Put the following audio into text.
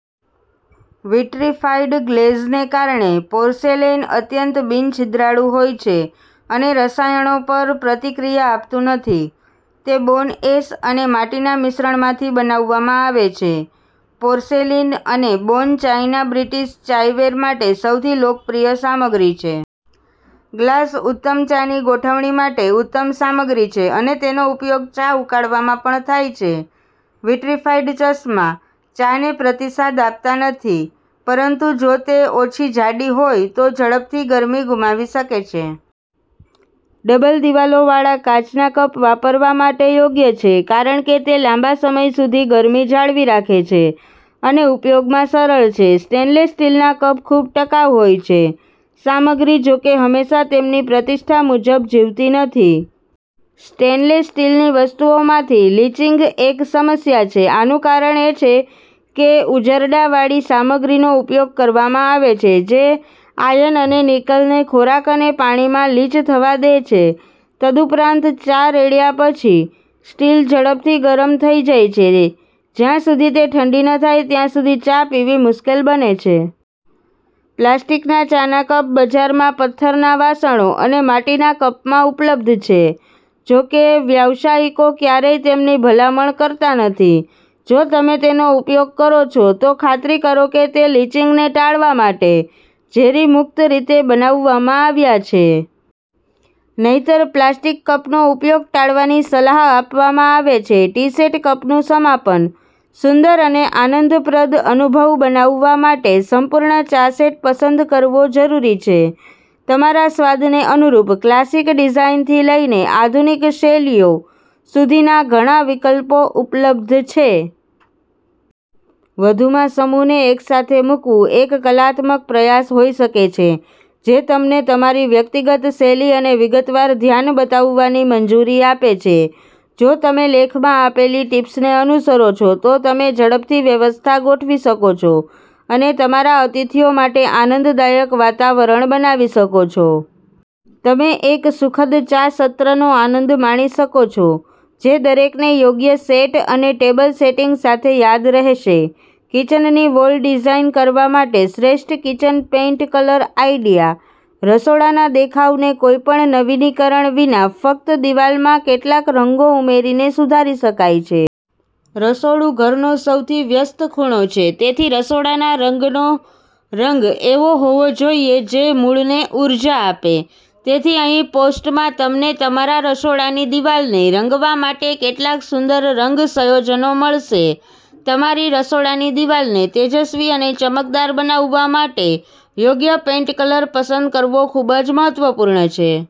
Vitrified ગ્લેઝને કારણે, porcelain અત્યંત બિન-છિદ્રાળુ હોય છે અને રસાયણો પર પ્રતિક્રિયા આપતું નથી. તે બોન એશ અને માટીના મિશ્રણમાંથી બનાવવામાં આવે છે. પોર્સેલિન અને બોન ચાઇના બ્રિટિશ ચાયવેર માટે સૌથી લોકપ્રિય સામગ્રી છે. ગ્લાસ ઉત્તમ ચાની ગોઠવણી માટે ઉત્તમ સામગ્રી છે અને તેનો ઉપયોગ ચા ઉકાળવામાં પણ થાય છે. વિટ્રિફાઇડ ચશ્મા ચાને પ્રતિસાદ આપતા નથી, પરંતુ જો તે ઓછી જાડી હોય તો ઝડપથી ગરમી ગુમાવી શકે છે. ડબલ-દિવાલોવાળા કાચના કપ વાપરવા માટે યોગ્ય છે કારણ કે તે લાંબા સમય સુધી ગરમી જાળવી રાખે છે અને ઉપયોગમાં સરળ છે. સ્ટેનલેસ સ્ટીલના કપ ખૂબ ટકાઉ હોય છે. સામગ્રી, જો કે, હંમેશા તેમની પ્રતિષ્ઠા મુજબ જીવતી નથી. સ્ટેનલેસ સ્ટીલની વસ્તુઓમાંથી લીચિંગ એક સમસ્યા છે. આનું કારણ એ છે કે ઉઝરડાવાળી સામગ્રીનો ઉપયોગ કરવામાં આવે છે, જે આયર્ન અને નિકલને ખોરાક અને પીણામાં લીચ થવા દે છે. તદુપરાંત, ચા રેડ્યા પછી, સ્ટીલ ઝડપથી ગરમ થઈ જાય છે, જ્યાં સુધી તે ઠંડી ન થાય ત્યાં સુધી ચા પીવી મુશ્કેલ બને છે. પ્લાસ્ટિકના ચાના કપ બજારમાં પથ્થરના વાસણો અને માટીના કપમાં ઉપલબ્ધ છે. જો કે, વ્યાવસાયિકો ક્યારેય તેમની ભલામણ કરતા નથી. જો તમે તેનો ઉપયોગ કરો છો, તો ખાતરી કરો કે તે લીચિંગને ટાળવા માટે ઝેરી મુક્ત રીતે બનાવવામાં આવ્યા છે. નહિંતર, પ્લાસ્ટિક કપનો ઉપયોગ ટાળવાની સલાહ આપવામાં આવે છે. ટી સેટ કપનું સમાપન. સુંદર અને આનંદપ્રદ અનુભવ બનાવવા માટે સંપૂર્ણ ચા સેટ પસંદ કરવો જરૂરી છે. તમારા સ્વાદને અનુરૂપ ક્લાસિક ડિઝાઇનથી લઈને આધુનિક શૈલીઓ સુધીના ઘણા વિકલ્પો ઉપલબ્ધ છે. વધુમાં, સમૂહને એકસાથે મૂકવું એક કલાત્મક પ્રયાસ હોઈ શકે છે જે તમને તમારી વ્યક્તિગત શૈલી અને વિગતવાર ધ્યાન બતાવવાની મંજૂરી આપે છે. જો તમે લેખમાં આપેલી ટીપ્સને અનુસરો છો, તો તમે ઝડપથી વ્યવસ્થા ગોઠવી શકો છો અને તમારા અતિથિઓ માટે આનંદદાયક વાતાવરણ બનાવી શકો છો. તમે એક સુખદ ચા સત્રનો આનંદ માણી શકો છો જે દરેકને યોગ્ય સેટ અને ટેબલ સેટિંગ સાથે યાદ રહેશે. કિચનની વોલ ડિઝાઇન કરવા માટે શ્રેષ્ઠ કિચન પેઇન્ટ કલર આઇડિયા. રસોડાના દેખાવને કોઈપણ નવીનીકરણ વિના ફક્ત દિવાલમાં કેટલાક રંગો ઉમેરીને સુધારી શકાય છે. રસોડું ઘરનો સૌથી વ્યસ્ત ખૂણો છે, તેથી રસોડાના રંગનો રંગ એવો હોવો જોઈએ જે મૂડને ઉર્જા આપે. તેથી, અહીં પોસ્ટમાં, તમને તમારા રસોડાની દિવાલને રંગવા માટે કેટલાક સુંદર રંગ સંયોજનો મળશે. તમારી રસોડાની દિવાલને તેજસ્વી અને ચમકદાર બનાવવા માટે યોગ્ય પેઇન્ટ કલર પસંદ કરવો ખૂબ જ મહત્વપૂર્ણ છે.